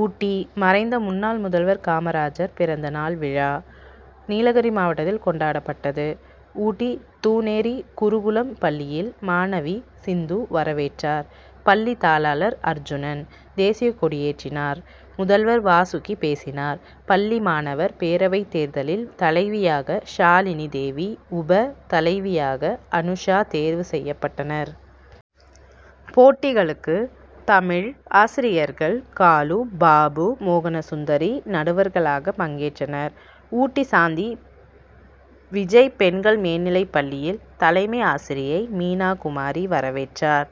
ஊட்டி மறைந்த முன்னாள் முதல்வர் காமராஜர் பிறந்த நாள் விழா, நீலகிரி மாவட்டத்தில் கொண்டாடப்பட்டது. ஊட்டி தூனேரி குருகுலம் பள்ளியில், மாணவி சிந்து வரவேற்றார். பள்ளி தாளாளர் அர்ஜுனன், தேசியக் கொடியேற்றினார். முதல்வர் வாசுகி பேசினார். பள்ளி மாணவர் பேரவைத் தேர்தலில், தலைவியாக ஷாலினி தேவி, உப தலைவியாக அனுஷா தேர்வு செய்யப்பட்டனர். போட்டிகளுக்கு, தமிழ் ஆசிரியர்கள் காலு, பாபு, மோகனசுந்தரி நடுவர்களாக பங்கேற்றனர். ஊட்டி சாந்தி விஜய் பெண்கள் மேல்நிலைப் பள்ளியில், தலைமை ஆசிரியை மீனாகுமாரி வரவேற்றார்.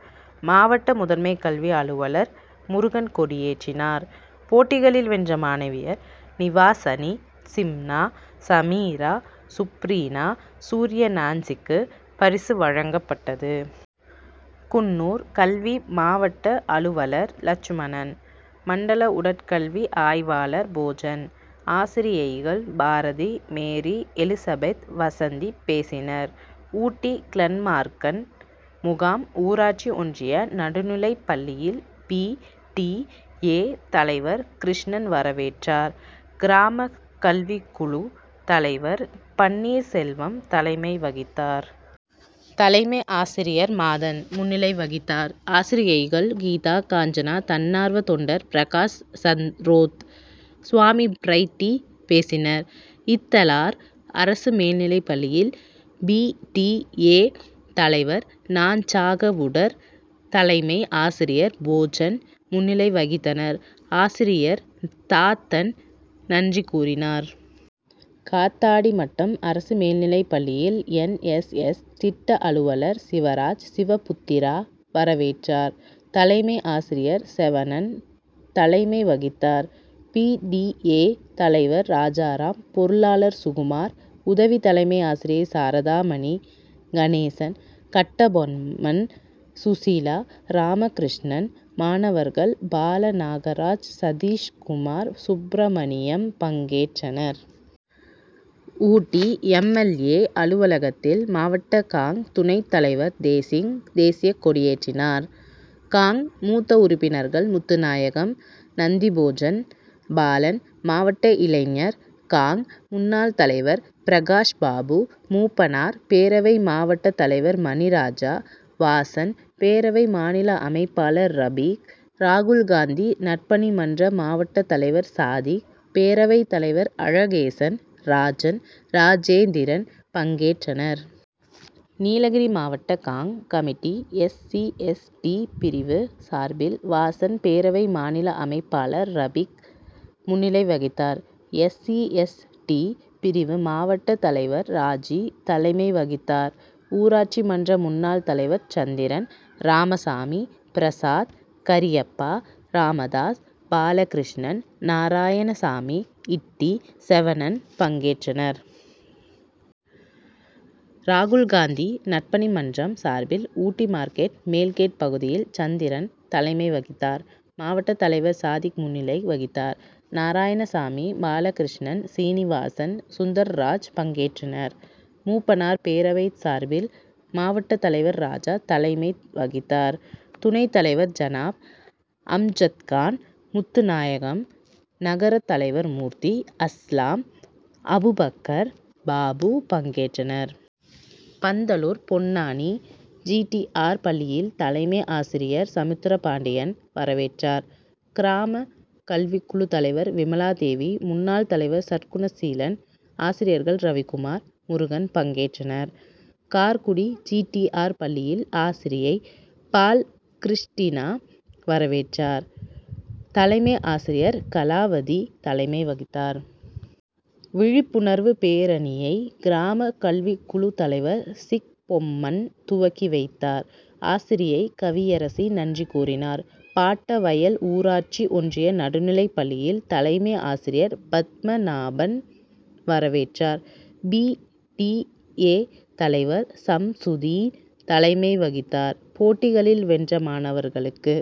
மாவட்ட முதன்மை கல்வி அலுவலர் முருகன் கொடியேற்றினார். போட்டிகளில் வென்ற மாணவியர் நிவாஷனி, ஷிம்னா, சமீரா, சுப்ரீனா, சூர்யநான்சிக்கு பரிசு வழங்கப்பட்டது. குன்னூர் கல்வி மாவட்ட அலுவலர் லட்சுமணன், மண்டல உடற்கல்வி ஆய்வாளர் போஜன், ஆசிரியைகள் பாரதி, மேரி எலிசபெத், வசந்தி பேசினர். ஊட்டி கிளன்மார்கன் முகாம் ஊராட்சி ஒன்றிய நடுநிலைப் பள்ளியில், பி. டி. ஏ., தலைவர் கிருஷ்ணன் வரவேற்றார். கிராம கல்விக்குழு தலைவர் பன்னீர் செல்வம் தலைமை வகித்தார். தலைமை ஆசிரியர் மாதன் முன்னிலை வகித்தார். ஆசிரியைகள் கீதா, காஞ்சனா, தன்னார்வ தொண்டர் பிரகாஷ் சந்ரோத், சுவாமி பிரைட்டி பேசினர். இத்தலார் அரசு மேல்நிலைப் பள்ளியில், பி. டி. ஏ., தலைவர் நஞ்சாகவுடர், தலைமை ஆசிரியர் போஜன் முன்னிலை வகித்தனர். ஆசிரியர் தாத்தன் நன்றி கூறினார். காத்தாடிமட்டம் அரசு மேல்நிலைப் பள்ளியில், என். எஸ். எஸ்., திட்ட அலுவலர் சிவராஜ் சிவபுத்திரா வரவேற்றார். தலைமை ஆசிரியர் செவணன் தலைமை வகித்தார். பி. டி. ஏ., தலைவர் ராஜாராம், பொருளாளர் சுகுமார், உதவி தலைமை ஆசிரியை சாரதாமணி, கணேசன், கட்டபொம்மன், சுசிலா, ராமகிருஷ்ணன், மாணவர்கள் பாலநாகராஜ், சதீஷ்குமார், சுப்ரமணியம் பங்கேற்றனர். ஊட்டி எம். எல். ஏ., அலுவலகத்தில், மாவட்ட காங்., துணைத் தலைவர் தேசிங், தேசியக் கொடியேற்றினார். காங்., மூத்த உறுப்பினர்கள் முத்துநாயகம், நந்திபோஜன், பாலன், மாவட்ட இளைஞர் காங்., முன்னாள் தலைவர் பிரகாஷ் பாபு, மூப்பனார் பேரவை மாவட்ட தலைவர் மணிராஜா, வாசன் பேரவை மாநில அமைப்பாளர் ரபீக், ராகுல்காந்தி நற்பணி மன்ற மாவட்ட தலைவர் சாதிக், பேரவைத் தலைவர் அழகேசன், ராஜன், ராஜேந்திரன் பங்கேற்றனர். நீலகிரி மாவட்ட காங்., committee S. C., S. T., பிரிவு சார்பில், வாசன் பேரவை மாநில அமைப்பாளர் ரபிக் முன்னிலை வகித்தார். எஸ். சி.,எஸ். டி., பிரிவு மாவட்ட தலைவர் ராஜி தலைமை வகித்தார். ஊராட்சி மன்ற முன்னாள் தலைவர் சந்திரன், ராமசாமி, பிரசாத், கரியப்பா, ராமதாஸ், பாலகிருஷ்ணன், நாரயணசாமி, இட்டி செவணன் பங்கேற்றனர். ராகுல்காந்தி நற்பணி மன்றம் சார்பில், ஊட்டி மார்க்கெட் மேல்கேட் பகுதியில், சந்திரன் தலைமை வகித்தார். மாவட்ட தலைவர் சாதிக் முன்னிலை வகித்தார். நாராயணசாமி, பாலகிருஷ்ணன், சீனிவாசன், சுந்தர்ராஜ் பங்கேற்றனர். மூப்பனார் பேரவை சார்பில், மாவட்ட தலைவர் ராஜா தலைமை வகித்தார். துணைத் தலைவர் ஜனாப், அம்ஜத்கான், முத்துநாயகம், நகரத் தலைவர் மூர்த்தி, அஸ்லாம், அபுபக்கர், பாபு பங்கேற்றனர். Pandalur Ponnani G. T. R., பள்ளியில், தலைமை ஆசிரியர் சமுத்திரப்பாண்டியன் வரவேற்றார். கிராம கல்விக்குழு தலைவர் விமலாதேவி, முன்னாள் தலைவர் சற்குணசீலன், ஆசிரியர்கள் ரவிக்குமார், முருகன் பங்கேற்றனர். கார்குடி ஜி. டி. ஆர்., பள்ளியில், ஆசிரியை பால்கிருஷ்டினா வரவேற்றார். தலைமை ஆசிரியர் கலாவதி தலைமை வகித்தார். விழிப்புணர்வு பேரணியை, கிராம கல்விக்குழு தலைவர் சிக்பொம்மன் துவக்கி வைத்தார். ஆசிரியை கவியரசி நன்றி கூறினார். பாட்டவயல் ஊராட்சி ஒன்றிய நடுநிலைப் பள்ளியில், தலைமை ஆசிரியர் பத்மநாபன் வரவேற்றார். பி. டி. ஏ., தலைவர் சம்சுதீன் தலைமை வகித்தார். போட்டிகளில் வென்ற மாணவர்களுக்கு